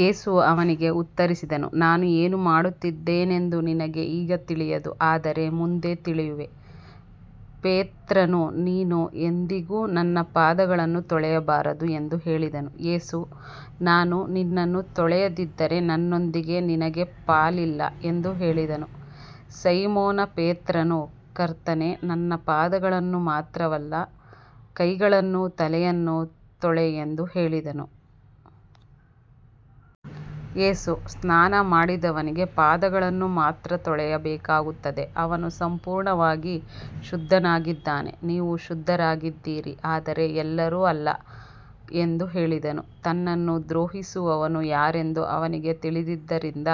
ಯೇಸು ಅವನಿಗೆ ಉತ್ತರಿಸಿದನು, ನಾನು ಏನು ಮಾಡುತ್ತಿದ್ದೇನೆಂದು ನಿನಗೆ ಈಗ ತಿಳಿಯದು, ಆದರೆ ಮುಂದೆ ತಿಳಿಯುವೆ. ಪೇತ್ರನು, ನೀನು ಎಂದಿಗೂ ನನ್ನ ಪಾದಗಳನ್ನು ತೊಳೆಯಬಾರದು ಎಂದು ಹೇಳಿದನು. ಯೇಸು, ನಾನು ನಿನ್ನನ್ನು ತೊಳೆಯದಿದ್ದರೆ ನನ್ನೊಂದಿಗೆ ನಿನಗೆ ಪಾಲಿಲ್ಲ ಎಂದು ಹೇಳಿದನು. ಸೈಮೋನ ಪೇತ್ರನು, ಕರ್ತನೇ, ನನ್ನ ಪಾದಗಳನ್ನು ಮಾತ್ರವಲ್ಲ, ಕೈಗಳನ್ನೂ ತಲೆಯನ್ನೂ ತೊಳೆ ಎಂದು ಹೇಳಿದನು. ಯೇಸು, ಸ್ನಾನಮಾಡಿದವನಿಗೆ ಪಾದಗಳನ್ನು ಮಾತ್ರ ತೊಳೆಯಬೇಕಾಗುತ್ತದೆ, ಅವನು ಸಂಪೂರ್ಣವಾಗಿ ಶುದ್ಧನಾಗಿದ್ದಾನೆ. ನೀವು ಶುದ್ಧರಾಗಿದ್ದೀರಿ, ಆದರೆ ಎಲ್ಲರೂ ಅಲ್ಲ ಎಂದು ಹೇಳಿದನು. ತನ್ನನ್ನು ದ್ರೋಹಿಸುವವನು ಯಾರೆಂದು ಅವನಿಗೆ ತಿಳಿದಿದ್ದರಿಂದ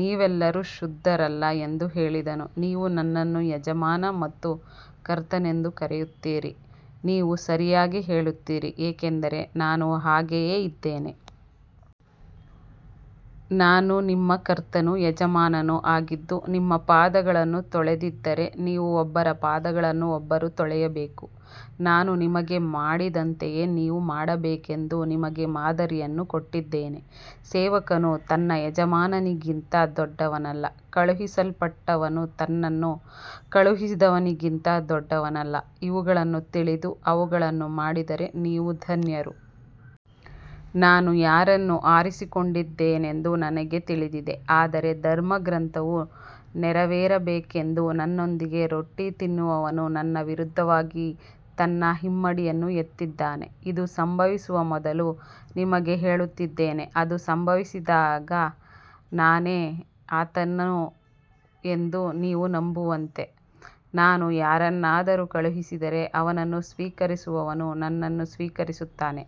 ನೀವೆಲ್ಲರೂ ಶುದ್ಧರಲ್ಲ ಎಂದು ಹೇಳಿದನು. ನೀವು ನನ್ನನ್ನು ಯಜಮಾನ ಮತ್ತು ಕರ್ತನೆಂದು ಕರೆಯುತ್ತೀರಿ, ನೀವು ಸರಿಯಾಗಿ ಹೇಳುತ್ತೀರಿ, ಏಕೆಂದರೆ ನಾನು ಹಾಗೆಯೇ ಇದ್ದೇನೆ. ನಾನು ನಿಮ್ಮ ಕರ್ತನೂ ಯಜಮಾನನೂ ಆಗಿದ್ದು ನಿಮ್ಮ ಪಾದಗಳನ್ನು ತೊಳೆದಿದ್ದರೆ, ನೀವೂ ಒಬ್ಬರ ಪಾದಗಳನ್ನು ಒಬ್ಬರು ತೊಳೆಯಬೇಕು. ನಾನು ನಿಮಗೆ ಮಾಡಿದಂತೆಯೇ ನೀವು ಮಾಡಬೇಕೆಂದು ನಿಮಗೆ ಮಾದರಿಯನ್ನು ಕೊಟ್ಟಿದ್ದೇನೆ. ಸೇವಕನು ತನ್ನ ಯಜಮಾನನಿಗಿಂತ ದೊಡ್ಡವನಲ್ಲ, ಕಳುಹಿಸಲ್ಪಟ್ಟವನೂ ತನ್ನನ್ನು ಕಳುಹಿಸಿದವನಿಗಿಂತ ದೊಡ್ಡವನಲ್ಲ. ಇವುಗಳನ್ನು ತಿಳಿದು ಅವುಗಳನ್ನು ಮಾಡಿದರೆ ನೀವು ಧನ್ಯರು. ನಾನು ಯಾರನ್ನು ಆರಿಸಿಕೊಂಡಿದ್ದೇನೆಂದು ನನಗೆ ತಿಳಿದಿದೆ, ಆದರೆ ಧರ್ಮಗ್ರಂಥವು ನೆರವೇರಬೇಕೆಂದು ನನ್ನೊಂದಿಗೆ ರೊಟ್ಟಿ ತಿನ್ನುವವನು ನನ್ನ ವಿರುದ್ಧವಾಗಿ ತನ್ನ ಹಿಮ್ಮಡಿಯನ್ನು ಎತ್ತಿದ್ದಾನೆ. ಇದು ಸಂಭವಿಸುವ ಮೊದಲು ನಿಮಗೆ ಹೇಳುತ್ತಿದ್ದೇನೆ, ಅದು ಸಂಭವಿಸಿದಾಗ ನಾನೇ ಆತನು ಎಂದು ನೀವು ನಂಬುವಂತೆ. ನಾನು ಯಾರನ್ನಾದರೂ ಕಳುಹಿಸಿದರೆ ಅವನನ್ನು ಸ್ವೀಕರಿಸುವವನು ನನ್ನನ್ನು ಸ್ವೀಕರಿಸುತ್ತಾನೆ,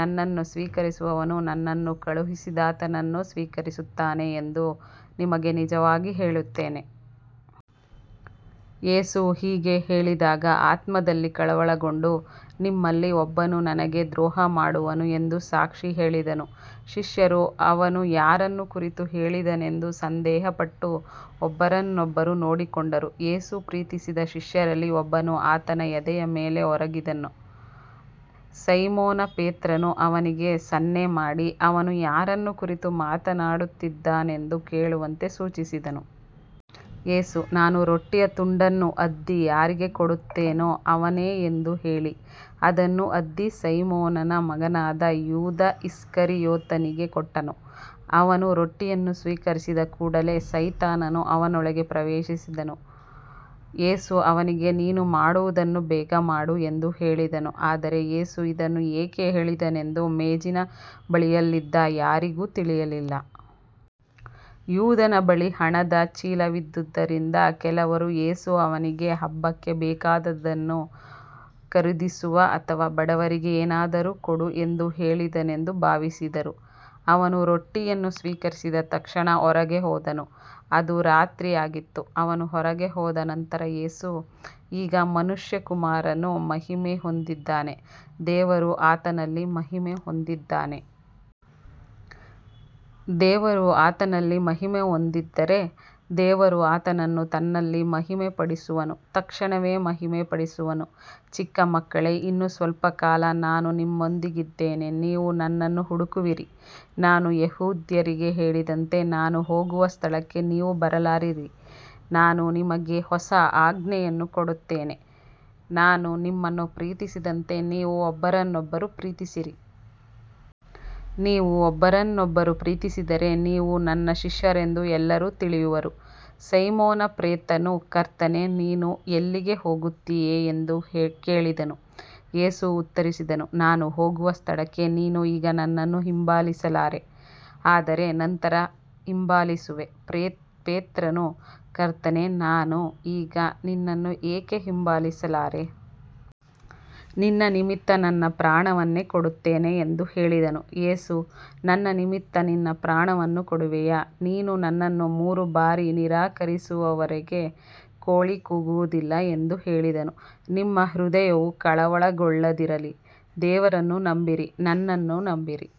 ನನ್ನನ್ನು ಸ್ವೀಕರಿಸುವವನು ನನ್ನನ್ನು ಕಳುಹಿಸಿದಾತನನ್ನು ಸ್ವೀಕರಿಸುತ್ತಾನೆ ಎಂದು ನಿಮಗೆ ನಿಜವಾಗಿ ಹೇಳುತ್ತೇನೆ. ಯೇಸು ಹೀಗೆ ಹೇಳಿದಾಗ ಆತ್ಮದಲ್ಲಿ ಕಳವಳಗೊಂಡು, ನಿಮ್ಮಲ್ಲಿ ಒಬ್ಬನು ನನಗೆ ದ್ರೋಹಮಾಡುವನು ಎಂದು ಸಾಕ್ಷಿ ಹೇಳಿದನು. ಶಿಷ್ಯರು ಅವನು ಯಾರನ್ನು ಕುರಿತು ಹೇಳಿದನೆಂದು ಸಂದೇಹಪಟ್ಟು ಒಬ್ಬರನ್ನೊಬ್ಬರು ನೋಡಿಕೊಂಡರು. ಯೇಸು ಪ್ರೀತಿಸಿದ ಶಿಷ್ಯರಲ್ಲಿ ಒಬ್ಬನು ಆತನ ಎದೆಯ ಮೇಲೆ ಒರಗಿದ್ದನು. ಸೈಮೋನ ಪೇತ್ರನು ಅವನಿಗೆ ಸನ್ನೆ ಮಾಡಿ, ಅವನು ಯಾರನ್ನು ಕುರಿತು ಮಾತನಾಡುತ್ತಿದ್ದಾನೆಂದು ಕೇಳುವಂತೆ ಸೂಚಿಸಿದನು. ಯೇಸು, ನಾನು ರೊಟ್ಟಿಯ ತುಂಡನ್ನು ಅದ್ದಿ ಯಾರಿಗೆ ಕೊಡುತ್ತೇನೋ ಅವನೇ ಎಂದು ಹೇಳಿ, ಅದನ್ನು ಅದ್ದಿ ಸೈಮೋನನ ಮಗನಾದ ಯೂದ ಇಸ್ಕರಿಯೋತನಿಗೆ ಕೊಟ್ಟನು. ಅವನು ರೊಟ್ಟಿಯನ್ನು ಸ್ವೀಕರಿಸಿದ ಕೂಡಲೇ ಸೈತಾನನು ಅವನೊಳಗೆ ಪ್ರವೇಶಿಸಿದನು. ಯೇಸು ಅವನಿಗೆ, ನೀನು ಮಾಡುವುದನ್ನು ಬೇಗ ಮಾಡು ಎಂದು ಹೇಳಿದನು. ಆದರೆ ಯೇಸು ಇದನ್ನು ಏಕೆ ಹೇಳಿದನೆಂದು ಮೇಜಿನ ಬಳಿಯಲ್ಲಿದ್ದ ಯಾರಿಗೂ ತಿಳಿಯಲಿಲ್ಲ. ಯೂದನ ಬಳಿ ಹಣದ ಚೀಲವಿದ್ದುದರಿಂದ ಕೆಲವರು ಯೇಸು ಅವನಿಗೆ ಹಬ್ಬಕ್ಕೆ ಬೇಕಾದುದನ್ನು ಖರೀದಿಸು ಅಥವಾ ಬಡವರಿಗೆ ಏನಾದರೂ ಕೊಡು ಎಂದು ಹೇಳಿದನೆಂದು ಭಾವಿಸಿದರು. ಅವನು ರೊಟ್ಟಿಯನ್ನು ಸ್ವೀಕರಿಸಿದ ತಕ್ಷಣ ಹೊರಗೆ ಹೋದನು, ಅದು ರಾತ್ರಿಯಾಗಿತ್ತು. ಅವನು ಹೊರಗೆ ಹೋದ ನಂತರ ಯೇಸು, ಈಗ ಮನುಷ್ಯಕುಮಾರನು ಮಹಿಮೆ ಹೊಂದಿದ್ದಾನೆ, ದೇವರೂ ಆತನಲ್ಲಿ ಮಹಿಮೆ ಹೊಂದಿದ್ದಾನೆ. ದೇವರು ಆತನಲ್ಲಿ ಮಹಿಮೆ ಹೊಂದಿದ್ದರೆ ದೇವರೂ ಆತನನ್ನು ತನ್ನಲ್ಲಿ ಮಹಿಮೆಪಡಿಸುವನು, ತಕ್ಷಣವೇ ಮಹಿಮೆಪಡಿಸುವನು. ಚಿಕ್ಕ ಮಕ್ಕಳೇ, ಇನ್ನೂ ಸ್ವಲ್ಪ ಕಾಲ ನಾನು ನಿಮ್ಮೊಂದಿಗಿದ್ದೇನೆ. ನೀವು ನನ್ನನ್ನು ಹುಡುಕುವಿರಿ, ನಾನು ಯೆಹೂದ್ಯರಿಗೆ ಹೇಳಿದಂತೆ, ನಾನು ಹೋಗುವ ಸ್ಥಳಕ್ಕೆ ನೀವು ಬರಲಾರಿರಿ. ನಾನು ನಿಮಗೆ ಹೊಸ ಆಜ್ಞೆಯನ್ನು ಕೊಡುತ್ತೇನೆ, ನಾನು ನಿಮ್ಮನ್ನು ಪ್ರೀತಿಸಿದಂತೆ ನೀವೂ ಒಬ್ಬರನ್ನೊಬ್ಬರು ಪ್ರೀತಿಸಿರಿ. ನೀವು ಒಬ್ಬರನ್ನೊಬ್ಬರು ಪ್ರೀತಿಸಿದರೆ, ನೀವು ನನ್ನ ಶಿಷ್ಯರೆಂದು ಎಲ್ಲರೂ ತಿಳಿಯುವರು. ಸೈಮೋನ ಪೇತ್ರನು, ಕರ್ತನೇ, ನೀನು ಎಲ್ಲಿಗೆ ಹೋಗುತ್ತೀಯೆ ಎಂದು ಕೇಳಿದನು. ಯೇಸು ಉತ್ತರಿಸಿದನು, ನಾನು ಹೋಗುವ ಸ್ಥಳಕ್ಕೆ ನೀನು ಈಗ ನನ್ನನ್ನು ಹಿಂಬಾಲಿಸಲಾರೆ, ಆದರೆ ನಂತರ ಹಿಂಬಾಲಿಸುವೆ. ಪೇತ್ರನು, ಕರ್ತನೇ, ನಾನು ಈಗ ನಿನ್ನನ್ನು ಏಕೆ ಹಿಂಬಾಲಿಸಲಾರೆ? ನಿನ್ನ ನಿಮಿತ್ತ ನನ್ನ ಪ್ರಾಣವನ್ನೇ ಕೊಡುತ್ತೇನೆ ಎಂದು ಹೇಳಿದನು. ಯೇಸು, ನನ್ನ ನಿಮಿತ್ತ ನಿನ್ನ ಪ್ರಾಣವನ್ನು ಕೊಡುವೆಯಾ? ನೀನು ನನ್ನನ್ನು ಮೂರು ಬಾರಿ ನಿರಾಕರಿಸುವವರೆಗೆ ಕೋಳಿ ಕೂಗುವುದಿಲ್ಲ ಎಂದು ಹೇಳಿದನು. ನಿಮ್ಮ ಹೃದಯವು ಕಳವಳಗೊಳ್ಳದಿರಲಿ, ದೇವರನ್ನು ನಂಬಿರಿ, ನನ್ನನ್ನೂ ನಂಬಿರಿ.